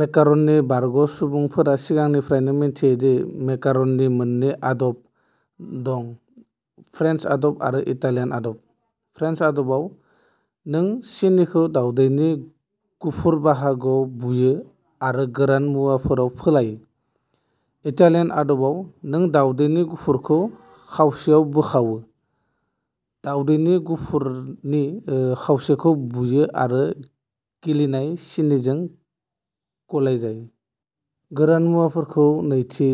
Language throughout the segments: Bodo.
मेकारननि बारग'सुबुंफोरा सिगांनिफ्रायनो मिथियो दि मेकारननि मोननै आदब दं-फ्रेन्स आदब आरो इटालियान आदब। फ्रेन्स आदबाव, नों सिनिखौ दावदैनि गुफुर बाहागोआव बुयो आरो गोरान मुवाफोराव फोलायो। इटालियान आदबाव, नों दावदैनि गुफुरखौ खावसेयाव बोखावो। दावदैनि गुफुरनि खावसेखौ बुयो आरो गलिनाय सिनिजों गलायजायो। गोरान मुवाफोरखौ नैथि,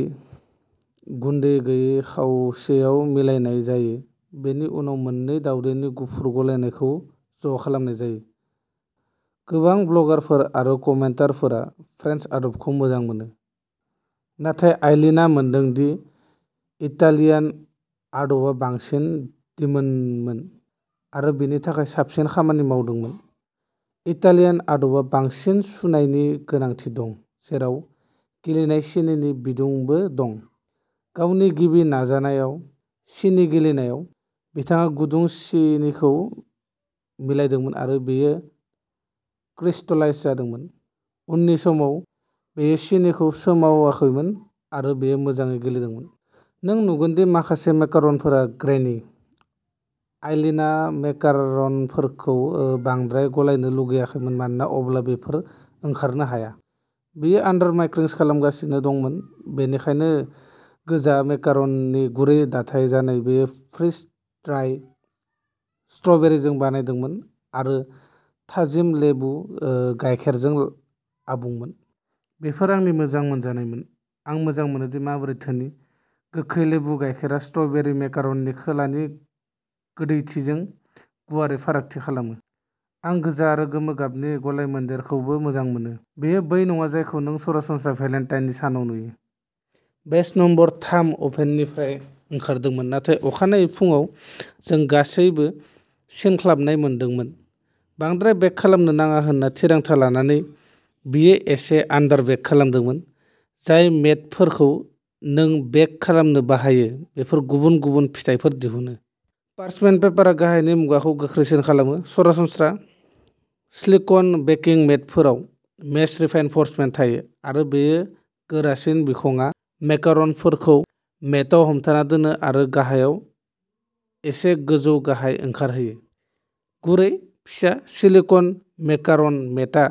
गुन्दै गैयै खावसेयाव मिलायनाय जायो। बेनि उनाव मोन्नै दावदैनि गुफुर गलायनायखौ ज'खालामनाय जायो। गोबां ब्लगारफोर आरो कमेन्टारफोरा फ्रेन्स आदबखौ मोजां मोनो, नाथाय आइलीनआ मोनदों दि इटालियान आदबा बांसिन दिदोममोन, आरो बिनि थाखाय साबसिन खामानि मावदोंमोन। इटालियान आदबा बांसिन सुनायनि गोनांथि दं, जेराव गलिनाय सिनिनि बिदुंबो दं। गावनि गिबि नाजानायाव सिनि गलिनायाव, बिथाङा गुदुं सिनिखौ मिलायदोंमोन आरो बेयो क्रिस्टलाइज जादोंमोन। उननि समाव। बियो सिनिखौ सोमावाखैमोन आरो बेयो मोजाङै गलिदोंमोन। नों नुगोन दि माखासे मेकारनफोरा ग्रेनि। आइलीनआ मेकारनफोरखौ बांद्राय गलायनो लुगैाखैमोन मानोना अब्ला बेफोर ओंखारनो हाया। बियो आन्दारमाइक्सिं खालामफिनदोंमोन-बेनिखायनो गोजा मेकारननि गुरै दाथाय जाय बियो फ्रिज-ड्राइ स्ट्र'बेरिजों बानायदोंमोन आरो थाजिम लेबु गाइखेरजों आबुंमोन। बेफोर आंनि मोजां मोनजानायमोन। आं मोजां मोनोदि माबोरै धोनि, गोखै लेबु गाइखेरआ स्ट्र'बेरि मेकारननि खोलानि गोदैथिजों गोथावै फारागथि खालामो। आं गोजा आरो गोमो गाबनि गलायमोन्देरखौबो मोजां मोनो। बेयो बै नङा जायखौ नों सरासनस्रायै भेलेन्टाइननि सानाव नुयो। बेच नम्बर थाम अभेननिफ्राय ओंखारदोंमोन, नाथाय अखानायै फुंआव जों गासैबो सिनख्लाबनाय मोनदोंमोन। बांद्राय बेक खालामनो नाङा होनना थिरांथा लानानै, बियो एसे आन्दारबेक खालामदोंमोन। जाय मेटफोरखौ नों बेक खालामनो बाहायो, बेफोर गुबुन गुबुन फिथायफोर दिहुनो। पार्चमेन्ट पेपारआ गाहायनि मुगाखौ गोख्रैसिन खालामो। सरासनस्रा स्लिक'न बेकिं मेटफोराव मेश रिइनफोर्समेन्ट थायो, आरो बे गोरासिन बिखंआ मेकार'नफोरखौ मेटआव हमथाना दोनो आरो गाहायाव एसे गोजौ-गाहाय ओंखारहोयो। गुरै, फिसा सिलिक'न मेकार'न मेटआ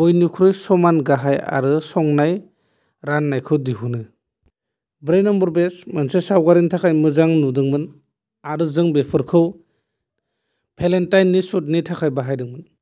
बयनिख्रुइ समान गाहाय आरो संनाय राननायखौ दिहुनो। ब्रै नम्बर बेच मोनसे सावगारिनि थाखाय मोजां नुदोंमोन आरो जों बेफोरखौ भेलेन्टाइननि शूटनि थाखाय बाहायदोंमोन।